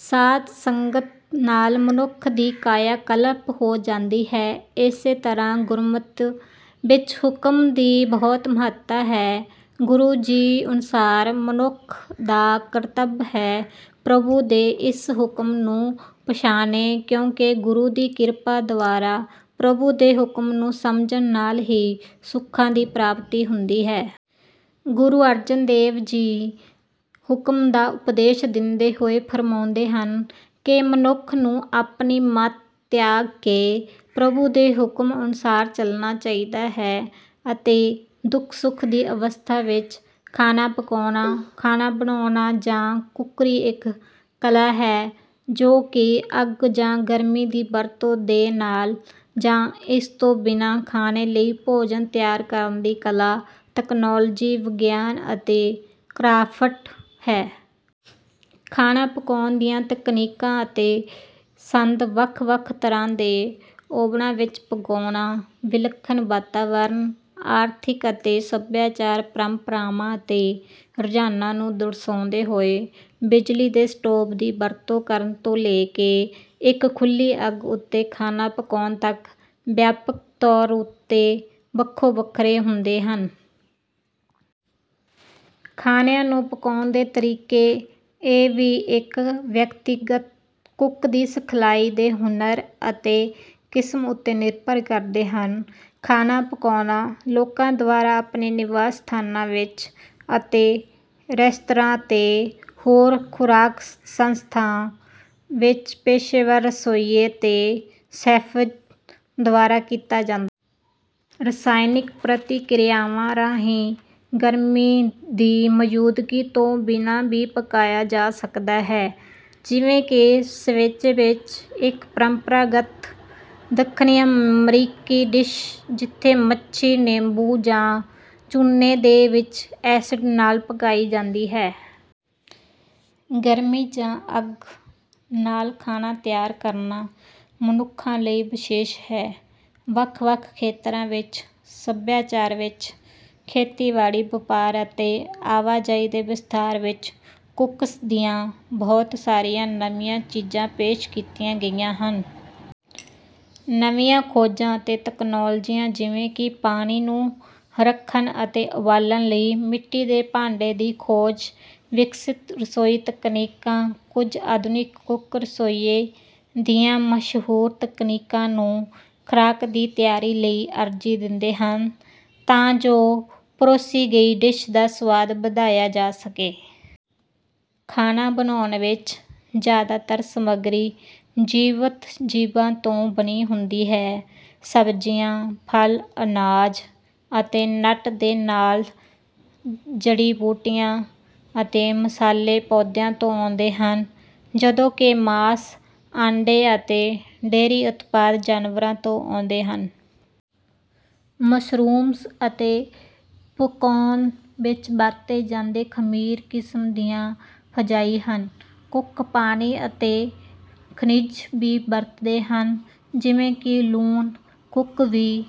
ਸਾਧ ਸੰਗਤ ਨਾਲ ਮਨੁੱਖ ਦੀ ਕਾਇਆ ਕਲਪ ਹੋ ਜਾਂਦੀ ਹੈ। ਇਸੇ ਤਰ੍ਹਾਂ ਗੁਰਮਤਿ ਵਿੱਚ ਹੁਕਮ ਦੀ ਬਹੁਤ ਮਹੱਤਤਾ ਹੈ। ਗੁਰੂ ਜੀ ਅਨੁਸਾਰ ਮਨੁੱਖ ਦਾ ਕਰਤੱਵ ਹੈ ਪ੍ਰਭੂ ਦੇ ਇਸ ਹੁਕਮ ਨੂੰ ਪਛਾਣੇ ਕਿਉਂਕਿ ਗੁਰੂ ਦੀ ਕਿਰਪਾ ਦੁਆਰਾ ਪ੍ਰਭੂ ਦੇ ਹੁਕਮ ਨੂੰ ਸਮਝਣ ਨਾਲ ਹੀ ਸੁੱਖਾਂ ਦੀ ਪ੍ਰਾਪਤੀ ਹੁੰਦੀ ਹੈ। ਗੁਰੂ ਅਰਜਨ ਦੇਵ ਜੀ ਹੁਕਮ ਦਾ ਉਪਦੇਸ਼ ਦਿੰਦੇ ਹੋਏ ਫਰਮਾਉਂਦੇ ਹਨ ਕਿ ਮਨੁੱਖ ਨੂੰ ਆਪਣੀ ਮਤ ਤਿਆਗ ਕੇ ਪ੍ਰਭੂ ਦੇ ਹੁਕਮ ਅਨੁਸਾਰ ਚਲਣਾ ਚਾਹੀਦਾ ਹੈ ਅਤੇ ਦੁੱਖ ਸੁੱਖ ਦੀ ਅਵਸਥਾ ਵਿੱਚ। ਖਾਣਾ ਪਕਾਉਣਾ ਖਾਣਾ ਬਣਾਉਣਾ ਜਾਂ ਕੁੱਕਰੀ ਇੱਕ ਕਲਾ ਹੈ, ਜੋ ਕਿ ਅੱਗ ਜਾਂ ਗਰਮੀ ਦੀ ਵਰਤੋਂ ਦੇ ਨਾਲ ਜਾਂ ਇਸ ਤੋਂ ਬਿਨਾਂ ਖਾਣੇ ਲਈ ਭੋਜਨ ਤਿਆਰ ਕਰਨ ਦੀ ਕਲਾ, ਤਕਨਾਲੋਜੀ, ਵਿਗਿਆਨ ਅਤੇ ਕਰਾਫਟ ਹੈ। ਖਾਣਾ ਪਕਾਉਣ ਦੀਆਂ ਤਕਨੀਕਾਂ ਅਤੇ ਸੰਦ ਵੱਖ ਵੱਖ ਤਰ੍ਹਾਂ ਦੇ ਓਵਨਾਂ ਵਿੱਚ ਪਕਾਉਣਾ, ਵਿਲੱਖਣ ਵਾਤਾਵਰਣ, ਆਰਥਿਕ ਅਤੇ ਸੱਭਿਆਚਾਰਕ ਪਰੰਪਰਾਵਾਂ ਅਤੇ ਰੁਝਾਨਾਂ ਨੂੰ ਦਰਸਾਉਂਦੇ ਹੋਏ, ਬਿਜਲੀ ਦੇ ਸਟੋਵ ਦੀ ਵਰਤੋਂ ਕਰਨ ਤੋਂ ਲੈ ਕੇ ਇੱਕ ਖੁੱਲ੍ਹੀ ਅੱਗ ਉੱਤੇ ਖਾਣਾ ਪਕਾਉਣ ਤੱਕ, ਵਿਆਪਕ ਤੌਰ ਉੱਤੇ ਵੱਖੋ ਵੱਖਰੇ ਹੁੰਦੇ ਹਨ। ਖਾਣਿਆਂ ਨੂੰ ਪਕਾਉਣ ਦੇ ਤਰੀਕੇ ਇਹ ਵੀ ਇੱਕ ਵਿਅਕਤੀਗਤ ਕੁੱਕ ਦੀ ਸਿਖਲਾਈ ਦੇ ਹੁਨਰ ਅਤੇ ਕਿਸਮ ਉੱਤੇ ਨਿਰਭਰ ਕਰਦੇ ਹਨ। ਖਾਣਾ ਪਕਾਉਣਾ ਲੋਕਾਂ ਦੁਆਰਾ ਆਪਣੇ ਨਿਵਾਸ ਸਥਾਨਾਂ ਵਿੱਚ ਅਤੇ ਰੈਸਤਰਾਂ ਅਤੇ ਹੋਰ ਖੁਰਾਕ ਸੰਸਥਾ ਵਿੱਚ ਪੇਸ਼ੇਵਰ ਰਸੋਈਏ ਅਤੇ ਸ਼ੈੱਫ਼ਜ਼ ਦੁਆਰਾ ਕੀਤਾ ਜਾਂਦਾ ਹੈ। ਰਸਾਇਣਕ ਪ੍ਰਤੀਕ੍ਰਿਆਵਾਂ ਰਾਹੀਂ ਗਰਮੀ ਦੀ ਮੌਜੂਦਗੀ ਤੋਂ ਬਿਨਾਂ ਵੀ ਪਕਾਇਆ ਜਾ ਸਕਦਾ ਹੈ, ਜਿਵੇਂ ਕਿ ਸੇਵੇਚੇ ਵਿੱਚ, ਇੱਕ ਪਰੰਪਰਾਗਤ ਦੱਖਣੀ ਅਮਰੀਕੀ ਡਿਸ਼, ਜਿੱਥੇ ਮੱਛੀ ਨਿੰਬੂ ਜਾਂ ਚੂਨੇ ਦੇ ਵਿੱਚ ਐਸਿਡ ਨਾਲ ਪਕਾਈ ਜਾਂਦੀ ਹੈ। ਗਰਮੀ ਜਾਂ ਅੱਗ ਨਾਲ ਖਾਣਾ ਤਿਆਰ ਕਰਨਾ ਮਨੁੱਖਾਂ ਲਈ ਵਿਸ਼ੇਸ਼ ਹੈ। ਵੱਖ ਵੱਖ ਖੇਤਰਾਂ ਵਿੱਚ ਸਭਿਆਚਾਰ ਵਿੱਚ ਖੇਤੀਬਾੜੀ, ਵਪਾਰ, ਅਤੇ ਆਵਾਜਾਈ ਦੇ ਵਿਸਥਾਰ ਵਿੱਚ ਕੁੱਕਸ ਦੀਆਂ ਬਹੁਤ ਸਾਰੀਆਂ ਨਵੀਆਂ ਚੀਜ਼ਾਂ ਪੇਸ਼ ਕੀਤੀਆਂ ਗਈਆਂ ਹਨ। ਨਵੀਆਂ ਖੋਜਾਂ ਅਤੇ ਤਕਨਾਲੋਜੀਆਂ, ਜਿਵੇਂ ਕਿ ਪਾਣੀ ਨੂੰ ਰੱਖਣ ਅਤੇ ਉਬਾਲਣ ਲਈ ਮਿੱਟੀ ਦੇ ਭਾਂਡੇ ਦੀ ਖੋਜ, ਵਿਕਸਤ ਰਸੋਈ ਤਕਨੀਕਾਂ। ਕੁਝ ਆਧੁਨਿਕ ਕੁੱਕ ਰਸੋਈਏ ਦੀਆਂ ਮਸ਼ਹੂਰ ਤਕਨੀਕਾਂ ਨੂੰ ਖੁਰਾਕ ਦੀ ਤਿਆਰੀ ਲਈ ਅਰਜ਼ੀ ਦਿੰਦੇ ਹਨ ਤਾਂ ਜੋ ਪਰੋਸੀ ਗਈ ਡਿਸ਼ ਦਾ ਸੁਆਦ ਵਧਾਇਆ ਜਾ ਸਕੇ। ਖਾਣਾ ਬਣਾਉਣ ਵਿੱਚ ਜ਼ਿਆਦਾਤਰ ਸਮੱਗਰੀ ਜੀਵਤ ਜੀਵਾਂ ਤੋਂ ਬਣੀ ਹੁੰਦੀ ਹੈ। ਸਬਜ਼ੀਆਂ, ਫਲ, ਅਨਾਜ ਅਤੇ ਨਟ ਦੇ ਨਾਲ ਜੜੀ ਬੂਟੀਆਂ ਅਤੇ ਮਸਾਲੇ ਪੌਦਿਆਂ ਤੋਂ ਆਉਂਦੇ ਹਨ, ਜਦੋਂ ਕਿ ਮਾਸ, ਆਂਡੇ ਅਤੇ ਡੇਅਰੀ ਉਤਪਾਦ ਜਾਨਵਰਾਂ ਤੋਂ ਆਉਂਦੇ ਹਨ। ਮਸ਼ਰੂਮਜ਼ ਅਤੇ ਪਕਾਉਣ ਵਿੱਚ ਵਰਤੇ ਜਾਂਦੇ ਖਮੀਰ ਕਿਸਮ ਦੀਆਂ ਫੰਜਾਈ ਹਨ। ਕੁੱਕ ਪਾਣੀ ਅਤੇ ਖਣਿਜ ਵੀ ਵਰਤਦੇ ਹਨ ਜਿਵੇਂ ਕਿ ਲੂਣ। ਕੁੱਕ ਵੀ...